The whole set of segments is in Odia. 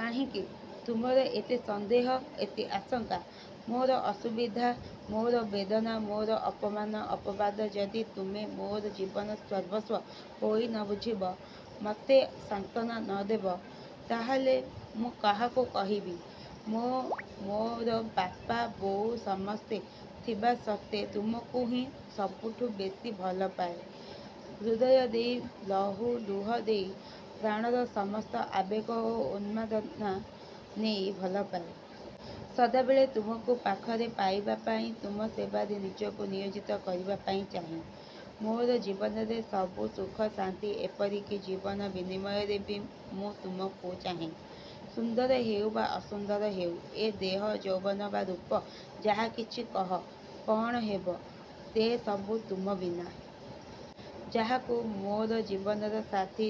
କାହିଁକି ତୁମର ଏତେ ସନ୍ଦେହ ଏତେ ଆଶଙ୍କା? ମୋର ଅସୁବିଧା, ମୋର ବେଦନା, ମୋର ଅପମାନ ଅପବାଦ ଯଦି ତୁମେ ମୋର ଜୀବନ ସର୍ବସ୍ୱ ହୋଇ ନ ବୁଝିବ, ମୋତେ ସାନ୍ତ୍ୱନା ନ ଦେବ; ତା'ହେଲେ ମୁଁ କାହାକୁ କହିବି? ମୁଁ ମୋର ବାପା ବୋଉ ସମସ୍ତେ ଥିବାସତ୍ତ୍ୱେ ତୁମକୁହିଁ ସବୁଠୁଁ ବେଶୀ ଭଲପାଏ; ହୃଦୟ ଦେଇ ଲହୁ ଲୁହ ଦେଇ, ପ୍ରାଣର ସମସ୍ତ ଆବେଗ ଓ ଉନ୍ମାଦନା ନେଇ ଭଲପାଏ। ସଦାବେଳେ ତୁମକୁ ପାଖରେ ପାଇବା ପାଇଁ; ତୁମ ସେବାରେ ନୀଜକୁ ନିୟୋଜନ କରିବା ପାଇଁ ଚାହେଁ। ମୋର ଜୀବନର ସବୁ ସୁଖ, ଶାନ୍ତି ଏପରି କି ଜୀବନ ବିନିମୟରେ ବି ମୁଁ ତୁମକୁ ଚାହେଁ। ସୁନ୍ଦର ହେଉ ବା ଅସୁନ୍ଦର ହେଉ ଏ ଦେହ, ଯୌବନ ବା ରୂପ ଯାହା କିଛି କହ; କ'ଣ ହେବ ସେ ସବୁ ତୁମ ବିନା? ଯାହାଙ୍କୁ ମୋର ଜୀବନର ସାଥୀ,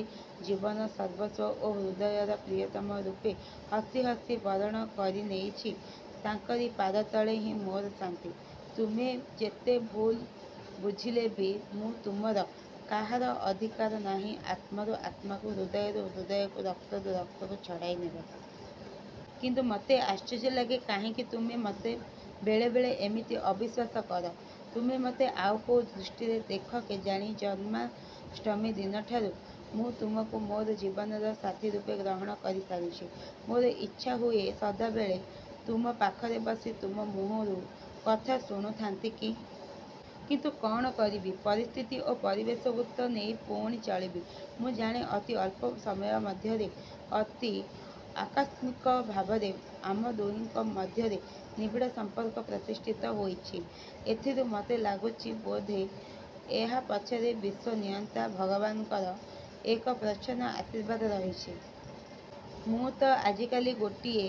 ଜୀବନ-ସର୍ବସ୍ୱ ଓ ହୃଦୟର ପ୍ରିୟତମ ରୂପେ ହସି ହସି ବରଣ କରିନେଇଛି ତାଙ୍କରି ପଦତଳେ ହିଁ ମୋର ଶାନ୍ତି। ତୁମେ ଯେତେ ଭୁଲ୍ ବୁଝିଲେ ବି ମୁଁ ତୁମର। କାହାର ଅଧିକାର ନାହିଁ ଆତ୍ମାରୁ ଆତ୍ମାକୁ, ହୃଦୟରୁ ହୃଦୟକୁ, ରକ୍ତରୁ ରକ୍ତକୁ ଛଡ଼ାଇ ନେବାକୁ। କିନ୍ତୁ ମୋତେ ଆଶ୍ଚର୍ଯ୍ୟ ଲାଗେ କାହିଁକି ତୁମେ ମୋତେ ବେଳେ ବେଳେ ଏମିତି ଅବିଶ୍ୱାସ କର। ତୁମେ ମୋତେ କୋଉ ଦୃଷ୍ଟିରେ ଦେଖ କେଜାଣି; ଜନ୍ମାଷ୍ଟମୀ ଦିନଠାରୁ ମୁଁ ତୁମକୁ ମୋର ଜୀବନର ସାଥୀ ରୂପେ ଗ୍ରହଣ କରି ସାରିଛି। ମୋର ଇଚ୍ଛାହୁଏ, ସଦାବେଳେ ତୁମ ପାଖରେ ବସି, ତୁମ ମୁହଁରୁ କଥା ଶୁଣୁଥାନ୍ତି କି? କିନ୍ତୁ କ'ଣ କରିବି-? ପରିସ୍ଥିତି ଓ ପରିବେଶକୁ ତ ନେଇ ପୁଣି ଚଳିବି। ମୁଁ ଜାଣେ ଅତି ଅଳ୍ପ ସମୟ ମଧ୍ୟରେ; ଅତି ଆକସ୍ମିକ ଭାବରେ ଆମ ଦୁହିଁଙ୍କ ମଧ୍ୟରେ ନିବିଡ଼ ସମ୍ପର୍କ ପ୍ରତିଷ୍ଠିତ ହୋଇଛି। ଏଥିରୁ ମୋତେ ଲାଗୁଛି ବୋଧେ ଏହା ପଛରେ ବିଶ୍ୱନିୟନ୍ତା ଭଗବାନ୍ଙ୍କର ଏକ ପ୍ରଚ୍ଛନ୍ନ ଆଶୀର୍ବାଦ ରହିଛି। ମୁଁ ତ ଆଜିକାଲି ଗୋଟିଏ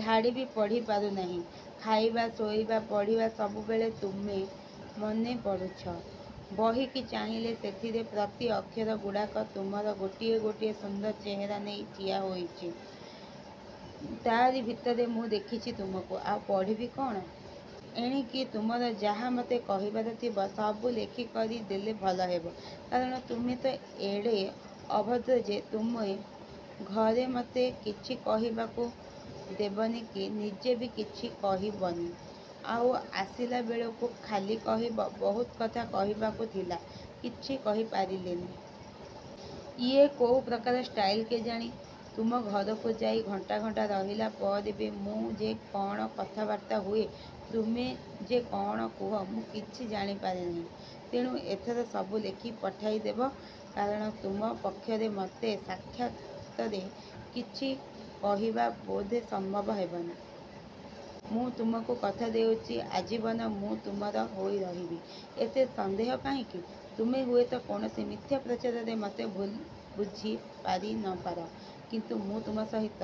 ଧାଡ଼ି ବି ପଢ଼ିପାରୁନାହିଁ-। ଖାଇବା, ଶୋଇବା, ପଢ଼ିବା ସବୁବେଳେ ତୁମେ ମନେପଡ଼ୁଛ। ବହିକି ଚାହିଁଲେ ସେଥିର ପ୍ରତି ଅକ୍ଷରଗୁଡ଼ାକ ତୁମର ଗୋଟିଏ ଗୋଟିଏ ସୁନ୍ଦର ଚେହେରା ନେଇ ଠିଆ ହେଉଛି। ତାରି ଭିତରେ ମୁଁ ଦେଖୁଛି ତୁମକୁ। ଆଉ ପଢ଼ିବି କ'ଣ? ଏଣିକି ତୁମର ଯାହା ମୋତେ କହିବାର ଥିବ; ସବୁ ଲେଖି କରି ଦେଲେ ଭଲ ହେବ। କାରଣ ତୁମେ ତ ଏଡ଼େ ଅଭଦ୍ର ଯେ ତୁମ ଘରେ ମୋତେ କିଛି କହିବାକୁ ଦେବନି କି ନିଜେ ବି କିଛି କହିବନି। ଆଉ ଆସିଲା ବେଳକୁ ଖାଲି କହିବ-''ବହୁତ କଥା କହିବାକୁ ଥିଲା, କିଛି କହିପାରିଲିନି-। '' ଇଏ କୋଉ ପ୍ରକାର ଷ୍ଟାଇଲ୍ କେଜାଣି? ତୁମ ଘରକୁ ଯାଇ ଘଣ୍ଟା ଘଣ୍ଟା ରହିଲା ପରେ ବି ମୁଁ ଯେ କ'ଣ କଥାବାର୍ତ୍ତା ହୁଏ; ତୁମେ ଯେ କ'ଣ କୁହ ମୁଁ କିଛି ଜାଣିପାରେ ନାହିଁ। ତେଣୁ ଏଥର ସବୁ ଲେଖି ପଠାଇ ଦେବ; କାରଣ ତୁମ ପକ୍ଷରେ ମୋତେ ସାକ୍ଷାତରେ କିଛି କହିବା ବୋଧେ ସମ୍ଭବ ହେବନି। ମୁଁ ତୁମକୁ କଥା ଦେଉଛି ଆଜୀବନ ମୁଁ ତୁମର ହୋଇ ରହିବି। ଏତେ ସନ୍ଦେହ କାହିଁକି-? ତୁମେ ହୁଏତ କୌଣସି ମିଥ୍ୟା ପ୍ରଚାରରେ ମୋତେ ଭୁଲ୍ ବୁଝି ପଚାରି ନପାର; କିନ୍ତୁ ତୁମ ସହିତ